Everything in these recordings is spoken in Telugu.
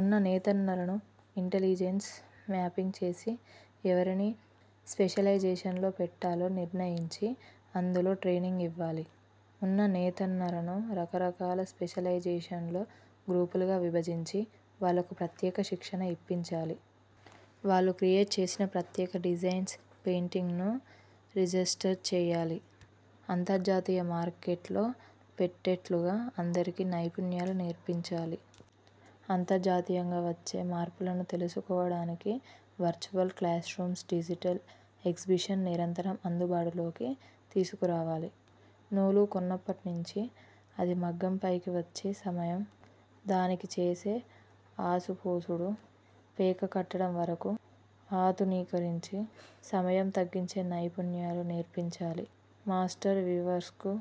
ఉన్న నేతన్నలను ఇంటెలిజన్స్ మ్యాపింగ్ చేసి ఎవరిని ఏ స్పెషలైజేషన్లో పెట్టాలో నిర్ణయించి, అందులో ట్రైనింగ్ ఇవ్వాలి. ఉన్న నేతన్నలను రకరకాల స్పెషలైజేషన్స్లో గ్రూపులుగా విభజించి, వాళ్ళకు ప్రత్యేక శిక్షణ ఇప్పించాలి. వాళ్ళు క్రియేట్ చేసిన ప్రత్యేక డిజైన్స్కు 'పేటెంట్'ను రిజిస్టర్ చెయ్యాలి. అంతర్జాతీయ మార్కెట్లో పెట్టేట్టుగా అందరికీ నైపుణ్యాలు నేర్పించాలి. అంతర్జాతీయంగా వచ్చే మార్పులను తెలుసుకోవడానికి virtual classrooms, digital exhibition నిరంతరం అందుబాటులోకి తీసుకురావాలి. నూలు కొన్నప్పటి నుంచి అది మగ్గం పైకి వచ్చే సమయం, దానికి చేసే ఆసుపోసుడు, పేక కట్టడం వరకు ఆధునీకరించి సమయం తగ్గించే నైపుణ్యాలు నేర్పించాలి. మాస్టర్ వీవర్స్కు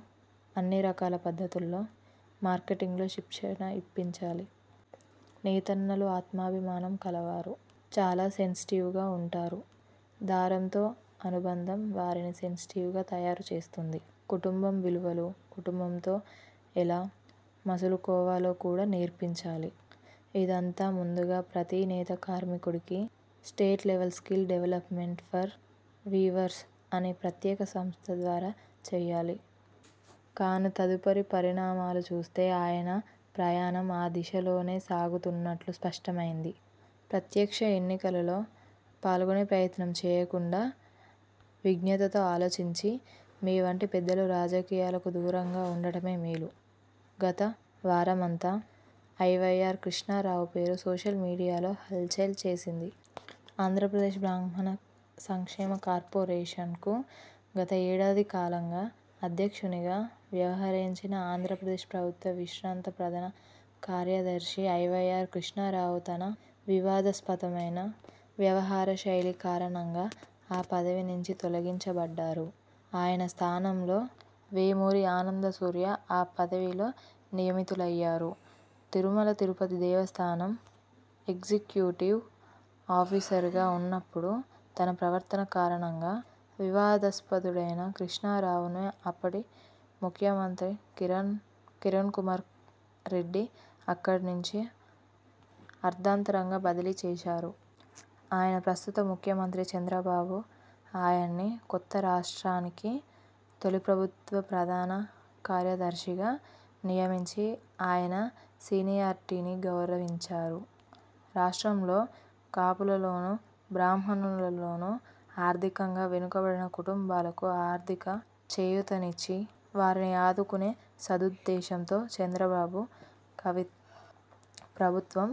అన్ని రకాల పద్ధతుల్లో, మార్కెటింగ్లో శిక్షణ ఇప్పించాలి. నేతన్నలు ఆత్మాభిమానం కలవారు, చాలా సెన్సిటివ్గా వుంటారు. దారంతో అనుబంధం వారిని సెన్సిటివ్గా తయారు చేస్తుంది. కుటుంబ విలువలు, కుటుంబంతో ఎలా మసలుకోవాలో కూడా నేర్పించాలి. ఇదంతా ముందుగా ప్రతీ నేత కార్మికునికి state level skill development for weavers అనే ప్రత్యేక సంస్థ ద్వారా చెయ్యాలి. కానీ తదుపరి పరిణామాలు చూస్తే ఆయన ప్రయాణం ఆ దిశగానే సాగుతున్నట్లు స్పష్టమైంది. ప్రత్యక్ష ఎన్నికలలో పాల్గొనే ప్రయత్నం చేయకుండా విజ్ఞతతో ఆలోచించి మీవంటి పెద్దలు రాజకీయాలకు దూరంగా ఉండడమే మేలు. గత వారమంతా ఐవైఆర్ కృష్ణారావు పేరు సోషల్ మీడియాలో హల్ చల్ చేసింది. ఆంధ్రప్రదేశ్ బ్రాహ్మణ సంక్షేమ కార్పొరేషన్కు గత ఏడాది కాలంగా అధ్యక్షునిగా వ్యవహరించిన ఆంధ్రప్రదేశ్ ప్రభుత్వ విశ్రాంత ప్రధాన కార్యదర్శి ఐవైఆర్ కృష్ణారావు తన వివాదాస్పదమైన వ్యవహారశైలి కారణంగా ఆ పదవి నుంచి తొలగించబడ్డారు. ఆయన స్థానంలో వేమూరి ఆనంద సూర్య ఆ పదవిలో నియమితులయ్యారు. తిరుమల తిరుపతి దేవస్థానం ఎగ్జిక్యూటివ్ ఆఫీసర్గా ఉన్నప్పుడు తన ప్రవర్తన కారణంగా వివాదాస్పదుడైన కృష్ణారావును అప్పటి ముఖ్యమంత్రి కిరణ్ కుమార్ రెడ్డి అక్కడి నుంచి అర్థాంతరంగా బదిలీ చేశారు. అయినా ప్రస్తుత ముఖ్యమంత్రి చంద్రబాబు ఆయన్ని కొత్తరాష్ట్రానికి తొలి ప్రభుత్వ ప్రధాన కార్యదర్శిగా నియమించి ఆయన సీనియారిటీని గౌరవించారు. రాష్ట్రంలో కాపులలోనూ, బ్రాహ్మణులలోనూ ఆర్థికంగా వెనుకబడిన కుటుంబాలకు ఆర్థిక చేయూతనిచ్చి, వారిని ఆదుకునే సదుద్దేశంతో చంద్రబాబు ప్రభుత్వం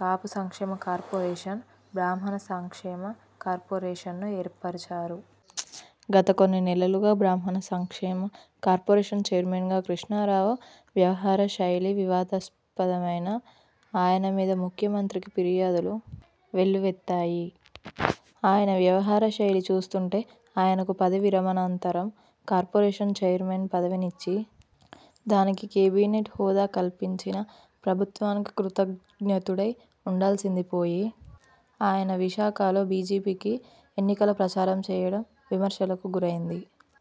కాపు సంక్షేమ కార్పొరేషన్, బ్రాహ్మణ సంక్షేమ కార్పొరేషన్లను ఏర్పరచారు. గత కొన్ని నెలలుగా బ్రాహ్మణ సంక్షేమ కార్పొరేషన్ చైర్మన్గా కృష్ణారావు వ్యవహారశైలి వివాదాస్పదమై, ఆయన మీద ముఖ్యమంత్రికి ఫిర్యాదులు వెల్లువెత్తాయి. ఆయన వ్యవహారశైలి చూస్తుంటే ఆయనకు పదవీ విరమణానంతరం కార్పొరేషన్ చైర్మన్ పదవినిచ్చి, దానికి కేబినెట్ హోదా కల్పించిన ప్రభుత్వానికి కృతజ్ఞుడై ఉండాల్సింది పోయి, ఆయన విశాఖలో బీజేపీకి ఎన్నికల ప్రచారం చేయడం విమర్శలకు గురైంది.